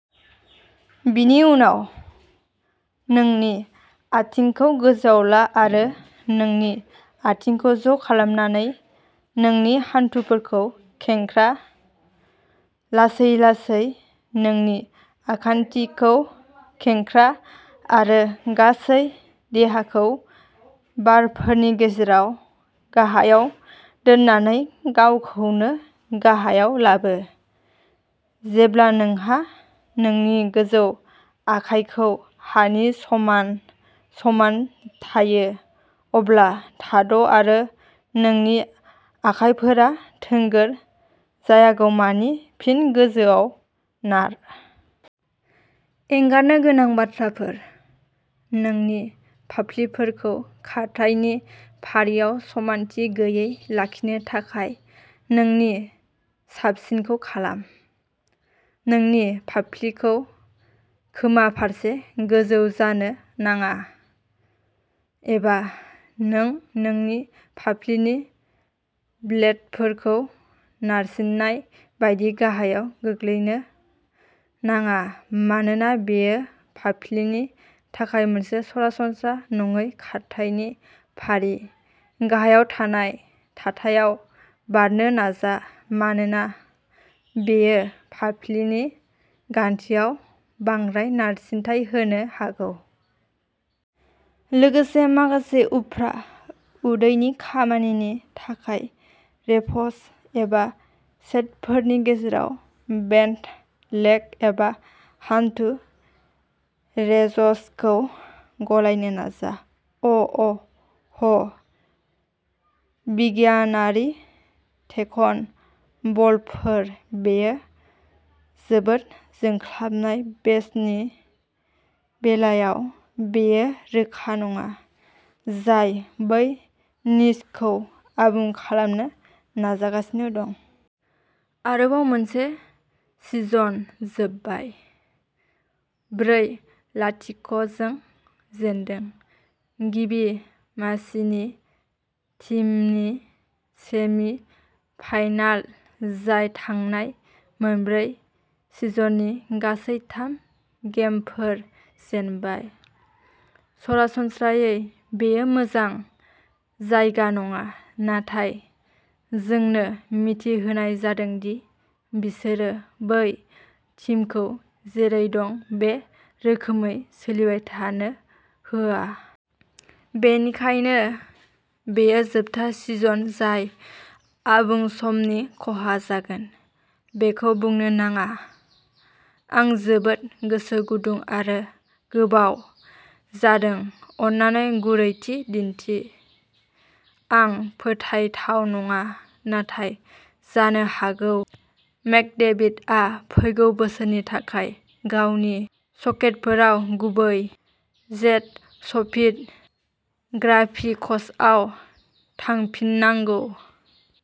बिनि उनाव, नोंनि आथिंखौ गोजौआव ला आरो नोंनि आथिंखौ ज' खालामनानै नोंनि हान्थुफोरखौ खेंख्रा लासै-लासै नोंनि आखान्थिखौ खेंख्रा आरो गासै देहाखौ बारफोरनि गेजेराव गाहायाव दोननानै गावखौनो गाहायाव लाबो। जेब्ला नोंहा नोंनि गोजौ आखाइखौ हानि समान समान थायो, अब्ला थाद' आरो नोंनि आखाइफोरा थोंगोर जायागौ मानि फिन गोजौआव नार। एंगारनो गोनां बाथ्राफोर नोंनि फाफ्लिफोरखौ खारथायनि फारियाव समानथि गैयै लाखिनो थाखाय नोंनि साबसिनखौ खालाम। नोंनि फाफ्लिखौ खोमा फारसे गोजौ जानो नाङा, एबा नों नोंनि फाफ्लिनि ब्लेडफोरखौ नारसिन्नाय बायदि गाहायाव गोग्लैनो नाङा। मानोना बेयो फाफ्लिनि थाखाय मोनसे सरासनस्रा नङै खारथायनि फारि, गाहायाव थानाय थाथायाव बारनो नाजा मानोना बेयो फाफ्लिनि गान्थिआव बांद्राय नारसिनथाय होनो हागौ। लोगोसे माखासे उफ्रा उदैनि खामानिनि थाखाय रेप्स एबा सेटफोरनि गेजेराव बेन्ट लेग एबा हानथु रेज्सखौ गलायनो नाजा। अ'अ'ह बिगियानारि टेक्न'बलफोर बेयो जोबोद जोंख्लाबनाय बेसनि बेलायाव बेयो रोखा नङा, जाय बै निशखौ आबुं खालामनो नाजागासिनो दं। आरोबाव मोनसे सिजन जोबबाय। ब्रै-लाथिक' जों जेनदों। गिबि मासिनि टीमनि सेमि-फाइनाल, जाय थांनाय मोनब्रै सिजननि गासै थाम गेमफोर जेनबाय। सरासनस्रायै बेयो मोजां जायगा नङा, नाथाय जोंनो मिथि होनाय जादों दि बिसोरो बै टीमखौ जेरै दं बे रोखोमै सोलिबाय थानो होआ। बेनिखायनो बेयो जोबथा सिजन जाय आबुं समनि खहा जागोन। बेखौ बुंनो नाङा। आं जोबोद गोसो गुदुं आरो गोबाव जादों अन्नानै गुरैथि दिन्थि आं फोथायथाव नङा, नाथाय जानो हागौ मेकडेभिडआ फैगौ बोसोरनि थाखाय गावनि स्केटफोराव गुबै जेटस्पीड ग्राफिक्सआव थांफिननांगौ।